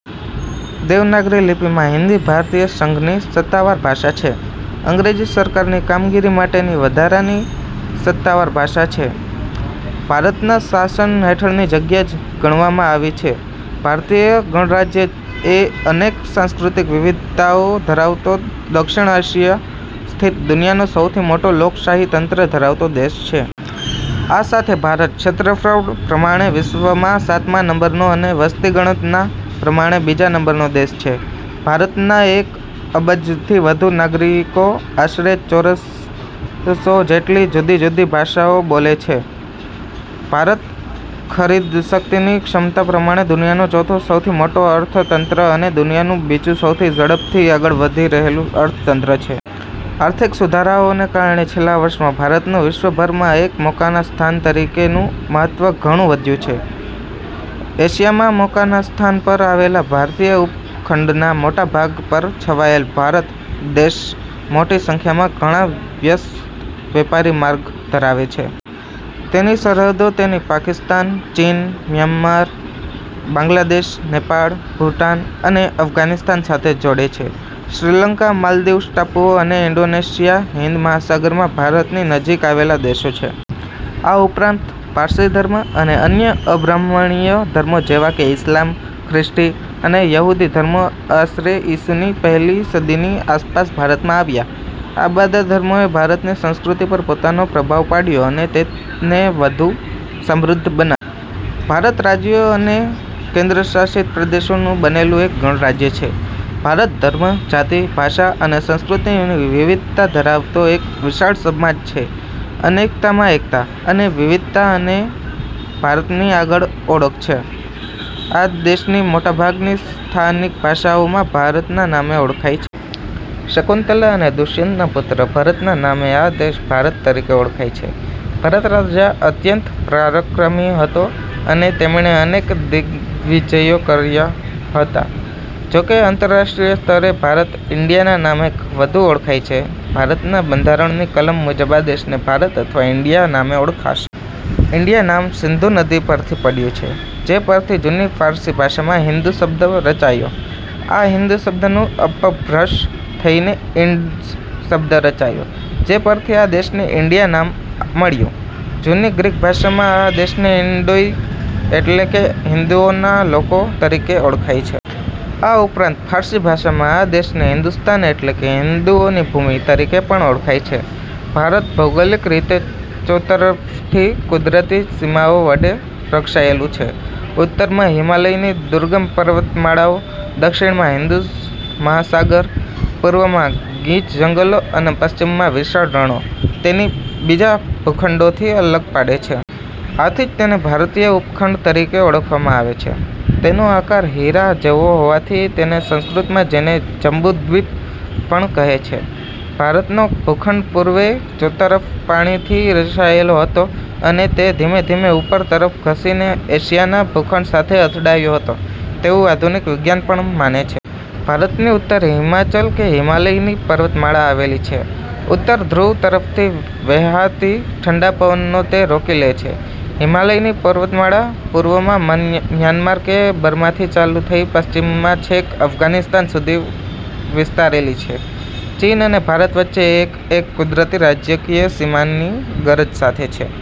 દેવનાગરી લિપિમાં હિન્દી ભારતીય સંઘની સત્તાવાર ભાષા છે. અંગ્રેજી સરકારના કામગીરી માટેની વધારાની સત્તાવાર ભાષા છે. ભારતના શાસન હેઠળની જગ્યા જ ગણવામાં આવી છે. ભારતીય ગણરાજ્ય એ અનેક સાંસ્કૃતિક વિવિધતાઓ ધરાવતો દક્ષિણ એશિયા સ્થિત દુનિયાનો સૌથી મોટું લોકશાહી તંત્ર ધરાવતો દેશ છે. આ સાથે ભારત ક્ષેત્રફળ પ્રમાણે વિશ્વમાં સાતમા નંબરનો અને વસ્તી ગણના પ્રમાણે બીજા નંબરનો દેશ છે. ભારતના એક અબજથી વધુ નાગરિકો આશરે ચારસો જેટલી જુદી-જુદી ભાષાઓ બોલે છે. ભારત, ખરીદશક્તિની ક્ષમતા પ્રમાણે દુનિયાનું ચોથું સૌથી મોટું અર્થતંત્ર, અને દુનિયાનું બીજું સૌથી ઝડપથી આગળ વધી રહેલું અર્થતંત્ર છે. આર્થિક સુધારાઓને કારણે છેલ્લા વર્ષમાં ભારતનું વિશ્વભરમાં એક મોકાના સ્થાન તરીકેનું મહત્વ ઘણું વધ્યું છે. એશિયામાં મોકાના સ્થાન પર આવેલો, ભારતીય ઉપખંડના મોટા ભાગ પર છવાયેલો, ભારત દેશ મોટી સંખ્યામાં ઘણા વ્યસ્ત વેપારી માર્ગો ધરાવે છે. તેની સરહદો તેને પાકિસ્તાન, ચીન, મ્યાનમાર, બાંગ્લાદેશ, નેપાળ, ભૂતાન, અને અફઘાનિસ્તાન સાથે જોડે છે. શ્રીલંકા, માલદીવ્સ ટાપુઓ અને ઇન્ડોનેશિયા, હિંદ મહાસાગરમાં ભારતની નજીક આવેલા દેશો છે. આ ઉપરાંત પારસી ધર્મ અને અન્ય અબ્રાહ્મણીય ધર્મો જેવાં કે ઇસ્લામ, ખ્રિસ્તી, અને યહૂદી ધર્મો આશરે ઇસુની પહેલી સદીની આસપાસ ભારતમાં આવ્યા. આ બધા ધર્મોએ ભારતની સંસ્કૃતિ પર પોતાનો પ્રભાવ પાડ્યો અને તેને વધુ સમૃદ્ધ બનાવી. ભારત રાજ્યો અને કેન્દ્રશાસિત પ્રદેશોનું બનેલું એક ગણરાજ્ય છે. ભારત ધર્મ, જાતિ, ભાષા અને સંસ્કૃતિની વિવિધતા ધરાવતો એક વિશાળ સમાજ છે. 'અનેકતામાં એકતા' અને વિવિધતા એ ભારતની આગવી ઓળખ છે. આ દેશની મોટાભાગની સ્થાનિકભાષાઓમાં ભારતના નામે ઓળખાય છે. શકુંતલા અને દુષ્યંતના પુત્ર ભરતના નામે આ દેશ ભારત તરીકે ઓળખાય છે. ભરત રાજા અત્યંત પરાક્રમી હતાં અને તેમણે અનેક દિગ્વિજયો કર્યા હતાં. જોકે આંતરાષ્ટ્રીય સ્તરે ભારત 'ઇન્ડિયા'ના નામે વધુ ઓળખાય છે. ભારતનાં બંધારણની કલમ મુજબ આ દેશને 'ભારત' અથવા 'ઇન્ડિયા' નામે ઓળખાશે. ઇન્ડિયા નામ 'સિંધુ' નદી પરથી પડ્યું છે, જે પરથી જૂની ફારસી ભાષામાં "હિન્દુ" શબ્દ રચાયો. આ હિન્દુ શબ્દનું અપભ્રંશ થઇને 'ઇન્ડસ' શબ્દ રચાયો, જે પરથી આ દેશને 'ઇન્ડિયા' નામ મળ્યું. જૂની ગ્રીક ભાષામાં આ દેશને 'ઇન્દોઇ' એટલે કે 'ઇન્દુના લોકો' તરીકે ઓળખાય છે. આ ઉપરાંત ફારસી ભાષામાં આ દેશને 'હિન્દુસ્તાન' એટલે કે 'હિન્દુઓની ભૂમિ' તરીકે પણ ઓળખાય છે. ભારત ભૌગોલિક રીતે ચોતરફથી કુદરતી સીમાઓ વડે રક્ષાયેલું છે. ઉત્તરમાં હિમાલયની દુર્ગમ પર્વતમાળાઓ, દક્ષિણમાં હિંદ મહાસાગર, પૂર્વમાં ગીચ જંગલો અને પશ્ચિમમાં વિશાળ રણો તેને બીજા ભૂખંડોથી અલગ પાડે છે. આથી જ તેને ભારતીય ઉપખંડ તરીકે ઓળખવામાં આવે છે. તેનો આકાર હીરા જેવો હોવાથી તેને સંસ્કૃતમાં તેને જંબુદ્વિપ પણ કહે છે. ભારતનો ભૂખંડ પૂર્વે ચોતરફ પાણી થી રક્ષાયેલો હશે અને તે ધીમે ધીમે ઉપર તરફ ધસીને એશિયાના ભૂખંડ સાથે અથડાયો હશે તેવું આધુનિક વિજ્ઞાન પણ માને છે. ભારતની ઉત્તરે હિમાચલ કે હિમાલયની પર્વતમાળ આવેલી છે. ઉત્તર ધ્રુવ તરફથી વહેતા ઠંડા પવનોને તે રોકી લે છે. હિમાલયની પર્વતમાળા પૂર્વમાં મ્યાનમાર કે બર્માથી ચાલુ થઇ પશ્ચિમમાં છેક અફઘાનિસ્તાન સુધી વિસ્તરેલી છે. ચીન અને ભારત વચ્ચે તે એક કુદરતી રાજકીય સીમાની ગરજ સારે છે.